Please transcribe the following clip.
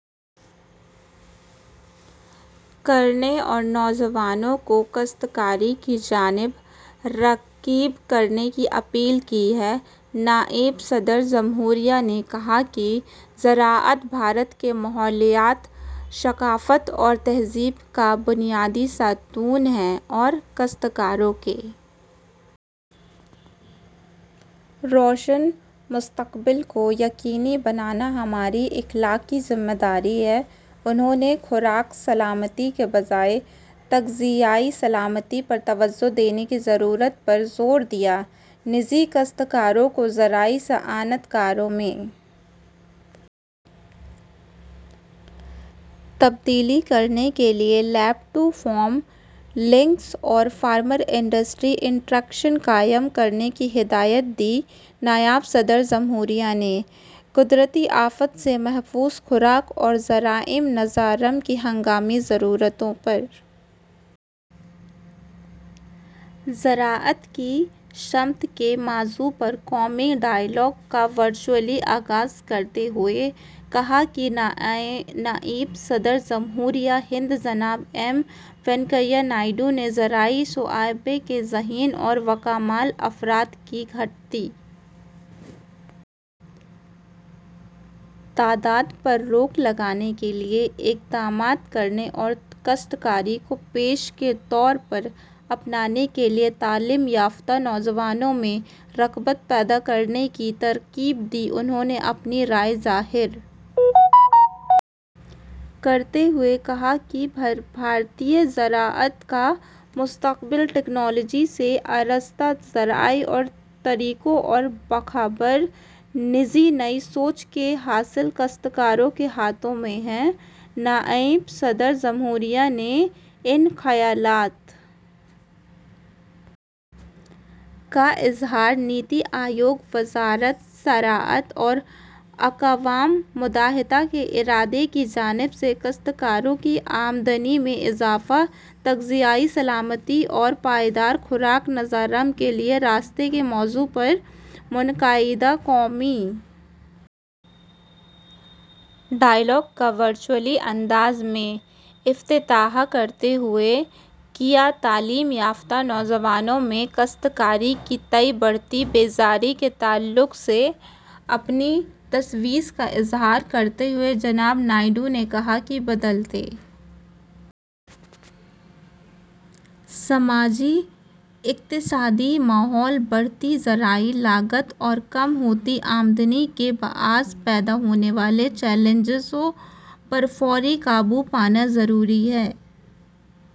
کرنے اور نوجوانوں کو کاشتکاری کی جانب راغب کرنے کی اپیل کی ہے نائب صدر جمہوریہ نے کہا کہ زراعت بھارت کے ماحولیات ثقافت اور تہذیب کا بنیادی ستون ہے اور کاشتکاروں کے روشن مستقبل کو یقینی بنانا ہماری اخلاقی ذمہ داری ہے انہوں نے خوراک سلامتی کے بجائے تغذیائی سلامتی پر توجہ دینے کی ضرورت پر زور دیا نیز کاشتکاروں کو زرعی صنعت کاروں میں تبدیل کرنے کے لیے لیب ٹو فارم لنکس اور فارمر انڈسٹری انٹریکشن قائم کرنے کی ہدایت دی نائب صدر جمہوریہ نے قدرتی آفات سے محفوظ خوراک اور زرعی نظام کی ہنگامی ضرورت پر زراعت کی سمت کے موضوع پر قومی ڈائیلاگ کا ورچوئل آغاز کرتے ہوئے کہا کہ نائب صدر جمہوریہ ہند جناب ایم وینکیا نائیڈو نے زرعی شعبے کے ذہین اور باکمال افراد کی گھٹتی تعداد پر روک لگانے کے لیے اقدامات کرنے اور کاشتکاری کو پیشے کے طور پر اپنانے کے لیے تعلیم یافتہ نوجوانوں میں رغبت پیدا کرنے کی ترغیب دی انہوں نے اپنی رائے ظاہر کرتے ہوئے کہا کہ بھارتی زراعت کا مستقبل تکنالوجی سے آراستہ زرعی طور طریقوں اور باخبر نیز نئی سوچ کے حامل کاشتکاروں کے ہاتھوں میں ہے نائب صدر جمہوریہ نے اپنے ان خیالات کا اظہار نیتی آیوگ وزارت زراعت اور اقوام متحدہ کے ادارے کی جانب سے کاشکاروں کی آمدنی میں اضافہ تغذیائی سلامتی اور پائیدار خوراک نظام کے لیے راستے کے موضوع پر منعقدہ قومی ڈائیلاگ کا ورچوئل انداز میں افتتاح کرتے ہوئے کیا تعلیم یافتہ نوجوانوں میں کاشتکاری کے تئیں بڑھتی بیزاری کے تعلق سے اپنی تشویش کا اظہار کرتے ہوئے جناب نائیڈو نے کہا کہ بدلتے سماجی اقتصادی ماحول بڑھتی زرعی لاگت اور کم ہوتی آمدنی کے باعث پیدا ہونے والے چیلنجوں پر فوری قابو پانا ضروری ہے